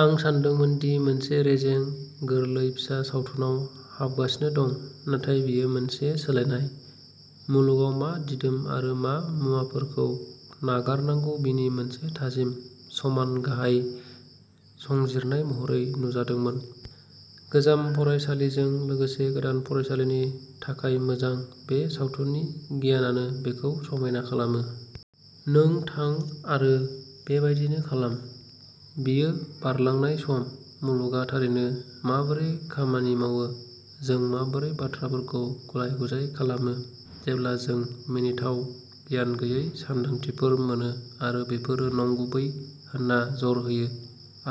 आं सानदोंमोन दि आं मोनसे रेजें, गोरलै फिसा सावथुनाव हाबगासिनो दं, नाथाय बेयो मोनसे सोलायनाय मुलुगाव मा दिदोम आरो मा मुवाफोरखौ नागारनांगौ बेनि मोनसे थाजिम समान-गाहाय संजिरनाय महरै नुजादोंमोन। गोजाम फरायसालिजों लोगोसे गोदान फरायसालिनि थाखाय मोजां, बे सावथुननि गियानानो बेखौ समायना खालामो। नों थां आरो बेबायदिनो खालाम। बेयो बारलांनाय सम, मुलुगआ थारैनो माबोरै खामानि मावो, जों माबोरै बाथ्राफोरखौ गुलाय-गुजाय खालामो जेब्ला जों मिनिथाव गियान गैयै सानदांथिफोर मोनो आरो बेफोरो नंगुबै होनना जर होयो,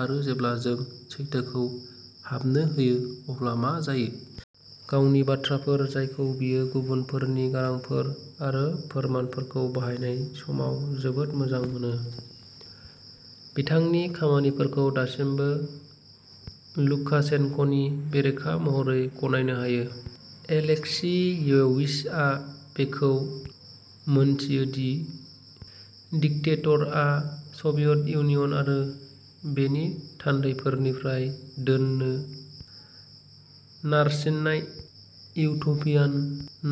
आरो जेब्ला जों सैथोखौ हाबनो होयो अब्ला मा जायो। गावनि बाथ्राफोर, जायखौ बियो गुबुनफोरनि गारांफोर आरो फोरमानफोरखौ बाहायनाय समाव जोबोद मोजां मोनो, बिथांनि खामानिफोरखौ दासिमबो लुकाशेन्क'नि बेरेखा महरै गनायनो हायो। एलेक्सियेविचआ बेखौ मोनथियो दि डिक्टेडरआ सभियेट इउनियन आरो बेनि थान्दैफोरनिफ्राय दोननो नारसिननाय इउटोपियान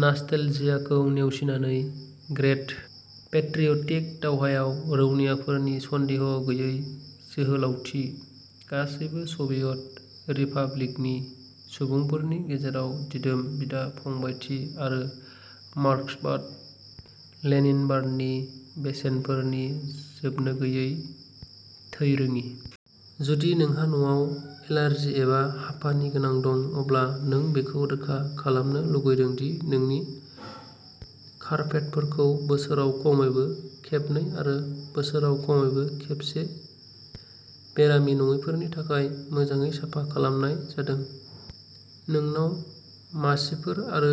नास्टेलजियाखौ नेवसिनानै-- ग्रेट पेट्रियटिक दावहायाव रौनियाफोरनि सन्देह गैयै जोहोलावथि, गासैबो सभियेट रिपाब्लिकनि सुबुंफोरनि गेजेराव दिदोम बिदा-फंबायथि, आरो मार्क्सबाद-लेनिनबादनि बेसेनफोरनि जोबनोगैयै थैरोङि। जुदि नोंहा न'आव एलार्जि एबा हापानि गोनां दं, अब्ला नों बेखौ रोखा खालामनो लुगैदों दि नोंनि कारपेटफोरखौ बोसोराव खमैबो खेबनै आरो बोसोराव खमैबो खेबसे बेरामि नङैफोरनि थाखाय मोजाङै साफा खालामनाय जादों। नोंनाव मासिफोर आरो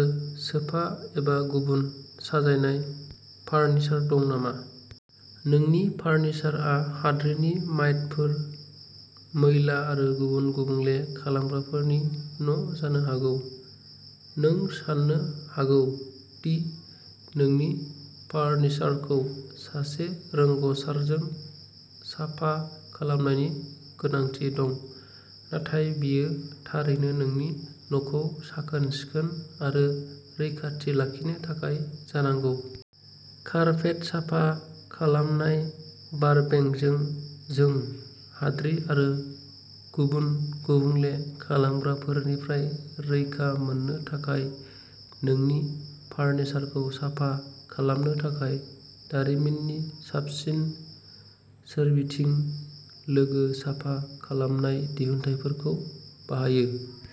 सोफा एबा गुबुन साजायनाय फार्निचार दं नामा? नोंनि फार्निचारआ हाद्रिनि माइटफोर, मैला आरो गुबुन गुबुंले खालामग्राफोरनि न'जानो हागौ। नों सानो हागौ दि नोंनि फार्निचारखौ सासे रोंग'सारजों साफा खालामनायनि गोनांथि दं, नाथाय बेयो थारैनो नोंनि न'खौ साखोन-सिखोन आरो रैखाथि लाखिनो थाखाय जानांगौ। कारपेट साफा खालामनाय बारबेंकजों, जों हाद्रि आरो गुबुन गुबुंले खालामग्राफोरनिफ्राय रैखा मोननो थाखाय नोंनि फार्निचारखौ साफा खालामनो थाखाय दारिमिननि साबसिन सोरबिथिं-लोगो साफा खालामनाय दिहुनथायफोरखौ बाहायो।